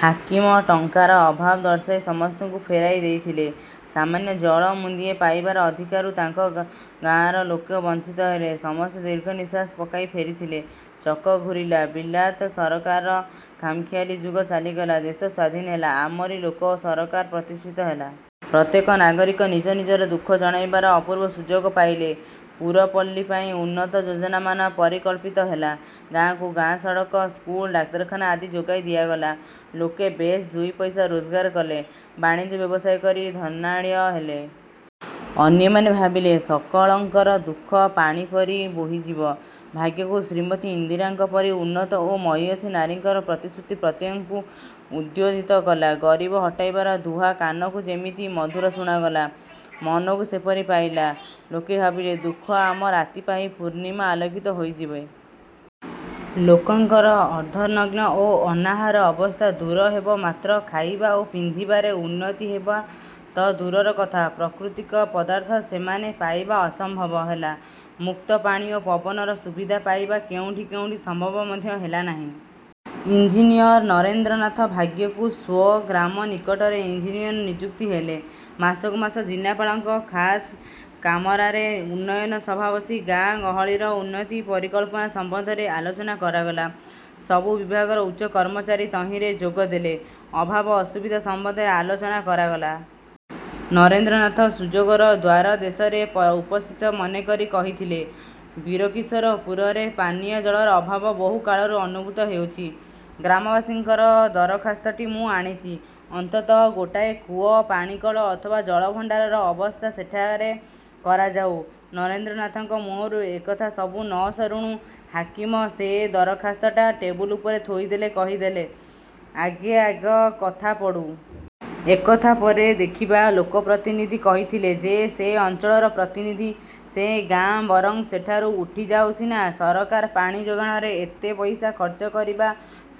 ହାକିମ ଟଙ୍କାର ଅଭାବ ଦର୍ଶାଇ ସମସ୍ତଙ୍କୁ ଫେରାଇ ଦେଇଥିଲେ-। ସାମାନ୍ୟ ଜଳ ମୁନ୍ଦିଏ ପାଇବାର ଅଧିକାରରୁ ତାଙ୍କ ଗାଁର ଲୋକେ ବଂଚିତ ହେଲେ-। ସମସ୍ତେ ଦୀର୍ଘ ନିଶ୍ୱାସ ପକାଇ ଫେରିଥିଲେ। ଚକ ଘୂରିଲା। ବିଲାତ ସରକାରରର ଖାମଖିଆଲି ଯୁଗ ଚାଲିଗଲା। ଦେଶ ସ୍ୱାଧିନ ହେଲା। ଆମରି ଲୋକସରକାର ପ୍ରତିଷ୍ଠିତ ହେଲା। ପ୍ରତ୍ୟେକ ନାଗରିକ ନିଜ ନିଜର ଦୁଃଖ ଜଣାଇବାର ଅପୂର୍ବ ସୁଯୋଗ ପାଇଲେ। ପୁରପଲ୍ଲୀ ପାଇଁ ଉନ୍ନତ ଯୋଜନା ମାନ ପରିକଳ୍ପିତ ହେଲା। ଗାଁକୁ ଗାଁ ସଡ଼କ, ସ୍କୁଲ, ଡାକ୍ତରଖାନା ଆଦି ଯୋଗାଇ ଦିଆଗଲା। ଲୋକେ ବେଶ୍ ଦୁଇ ପଇସା ରୋଜଗାର କଲେ। ବାଣିଜ୍ୟ ବ୍ୟବସାୟ କରି ଧନାଢ଼୍ୟ ହେଲେ। ଅନ୍ୟମାନେ ଭାବିଲେ ସକଳଙ୍କର ଦୁଃଖ ପାଣିପରି ବୋହିଯିବ। ଭାଗ୍ୟକୁ ଶ୍ରୀମତୀ ଇନ୍ଦିରାଙ୍କ ପରି ଉନ୍ନତ ଓ ମହିୟସୀ ନାରୀଙ୍କର ପ୍ରତିଶ୍ରୁତି ପ୍ରତ୍ୟେକଙ୍କୁ ଉଦ୍ବୋଧିତ କଲା। 'ଗରିବ-ହଟାଇବାର' ଦୁହା କାନକୁ ଯେମିତି ମଧୁର ଶୁଣାଗଲା, ମନକୁ ସେପରି ପାଇଲା। ଲୋକେ ଭାବିଲେ ଦୁଃଖ ଅମା ରାତି ପାହି ପୂର୍ଣ୍ଣିମା ଆଲୋକିତ ହୋଇଯିବେ। ଲୋକଙ୍କର ଅର୍ଦ୍ଧନଗ୍ନ ଓ ଅନାହାର ଅବସ୍ଥା ଦୂର ହେବ। ମାତ୍ର ଖାଇବା ଓ ପିନ୍ଧିବାରେ ଉନ୍ନତି ହେବା ତ ଦୂରର କଥା ପ୍ରାକୃତିକ ପଦାର୍ଥ ସେମାନେ ପାଇବ ଅସମ୍ଭବ ହେଲା। ମୁକ୍ତ ପାଣି ଓ ପବନର ସୁବିଧା ପାଇବା କେଉଁଠି କେଉଁଠି ସମ୍ଭବ ମଧ୍ୟ ହେଲାନାହିଁ। ଇଞ୍ଜିନିୟର ନରେନ୍ଦ୍ରନାଥ ଭାଗ୍ୟକୁ ସ୍ୱ-ଗ୍ରାମ ନିକଟରେ ଇଞ୍ଜିନିୟର ନିଯୁକ୍ତ ହେଲେ। ମାସକୁ ମାସ ଜିଲ୍ଲାପାଳଙ୍କ ଖାସ କାମରାରେ ଉନ୍ନୟନ ସଭା ବସି ଗାଁ ଗହଳିର ଉନ୍ନତି ପରିକଳ୍ପନା ସମ୍ୱନ୍ଧରେ ଆଲୋଚନା କରାଗଲା। ସବୁ ବିଭାଗର ଉଚ୍ଚ କର୍ମଚାରୀ ତହିଁରେ ଯୋଗ ଦେଲେ। ଅଭାବ ଅସୁବିଧା ସମ୍ବନ୍ଧରେ ଆଲୋଚନା କରାଗଲା। ନରେନ୍ଦ୍ରନାଥ ସୁଯୋଗର ଦ୍ୱାର ଦେଶରେ ଉପସ୍ଥିତ ମନେକରି କହିଥିଲେ-ବୀରକିଶୋର ପୁରରେ ପାନୀୟ ଜଳର ଅଭାବ ବହୁ କାଳରୁ ଅନୁଭୂତ ହେଉଛି। ଗ୍ରାମବାସୀଙ୍କର ଦରଖାସ୍ତଟି ମୁଁ ଆଣିଚି। ଅନ୍ତତଃ ଗୋଟାଏ କୂଅ, ପାଣିକଳ ଅଥବା ଜଳଭଣ୍ତାରର ବ୍ୟବସ୍ଥା ସେଠାରେ କରାଯାଉ। ନରେନ୍ଦ୍ରନାଥଙ୍କ ମୁହଁରୁ ଏ କଥା ସବୁ ନ ସରୁଣୁ ହାକିମ ସେ ଦରଖାସ୍ତଟା ଟେବୁଲ ଉପରେ ଥୋଇ ଦେଇ କହିଦେଲେ-ଆଗେ ଆଗ କଥା ପଡ଼ୁ। ଏକଥା ପରେ ଦେଖିବା। ଲୋକପ୍ରତିନିଧି କହିଥିଲେ ଯେ, ସେ ଅଞ୍ଚଳର ପ୍ରତିନିଧି। ସେ ଗାଁ ବରଂ ସେଠାରୁ ଉଠିଯାଉ ସିନା, ସରକାର ପାଣି ଯୋଗାଣରେ ଏତେ ପଇସା ଖର୍ଚ୍ଚ କରିବା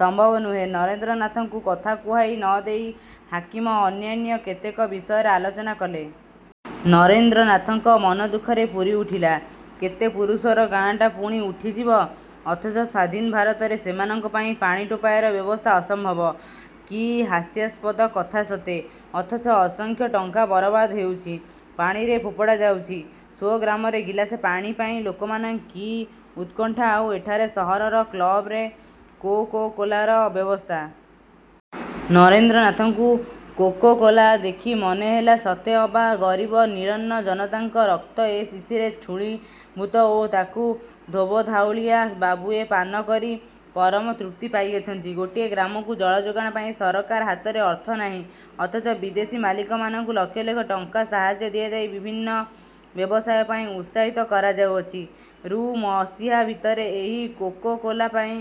ସମ୍ଭବ ନୁହେଁ। ନରେନ୍ଦ୍ରନାଥଙ୍କୁ କଥା କୁହାଇ ନ ଦେଇ ହାକିମ ଅନ୍ୟାନ୍ୟ କେତେକ ବିଷୟରେ ଆଲୋଚନା କଲେ। ନରେନ୍ଦ୍ରନାଥଙ୍କ ମନ ଦୁଃଖରେ ପୂରି ଉଠିଲା। କେତେ ପୁରୁଷର ଗାଁଟା ପୁଣି ଉଠିଯିବ; ଅଥଚ ସ୍ୱାଧୀନ ଭାରତରେ ସେମାନଙ୍କ ପାଇଁ ପାଣି ଟୋପାଏର ବ୍ୟବସ୍ଥା ଅସମ୍ଭବ? କି ହାସ୍ୟାସ୍ପଦ କଥା ସତେ! ଅଥଚ ଅସଂଖ୍ୟ ଟଙ୍କା ବରବାଦ ହେଉଚି। ପାଣିରେ ଫୋପଡ଼ା ଯାଉଚି-। ସ୍ୱ-ଗ୍ରାମରେ ଗିଲାସେ ପାଣି ପାଇଁ ଲୋକଙ୍କର କି ଉତ୍କଣ୍ଠା ଆଉ ଏଠାରେ ସହରର କ୍ଳବରେ କୋକୋ-କୋଲାର ବ୍ୟବସ୍ଥା। ନରେନ୍ଦ୍ରନାଥଙ୍କୁ କୋକୋ-କୋଲା ଦେଖି ମନେ ହେଲା ସତେ ଅବା ଗରିବ ନିରନ୍ନ ଜନତାଙ୍କ ରକ୍ତ ଏ ଶିଶିରେ ଠୁଳୀଭୂତ ଓ ତାକୁ ଧୋବଧାଉଳିଆ ବାବୁଏ ପାନ କରି ପରମ ତୃପ୍ତି ପାଇଅଛନ୍ତି। ଗୋଟିଏ ଗ୍ରାମକୁ ଜଳଯୋଗାଣ ପାଇଁ ସରକାର ହାତରେ ଅର୍ଥ ନାହିଁ ଅଥଚ ବିଦେଶୀ ମାଲିକମାନଙ୍କୁ ଲକ୍ଷ ଲକ୍ଷ ଟଙ୍କା ସାହାର୍ଯ୍ୟ ଦିଆଯାଇ ବିଭିନ୍ନ ବ୍ୟବସାୟ ପାଇଁ ଉତ୍ସାହିତ କରାଯାଉଅଛି। ରୁ ମସିହା ଭିତରେ ଏହି କୋକୋ-କୋଲା ପାଇଁ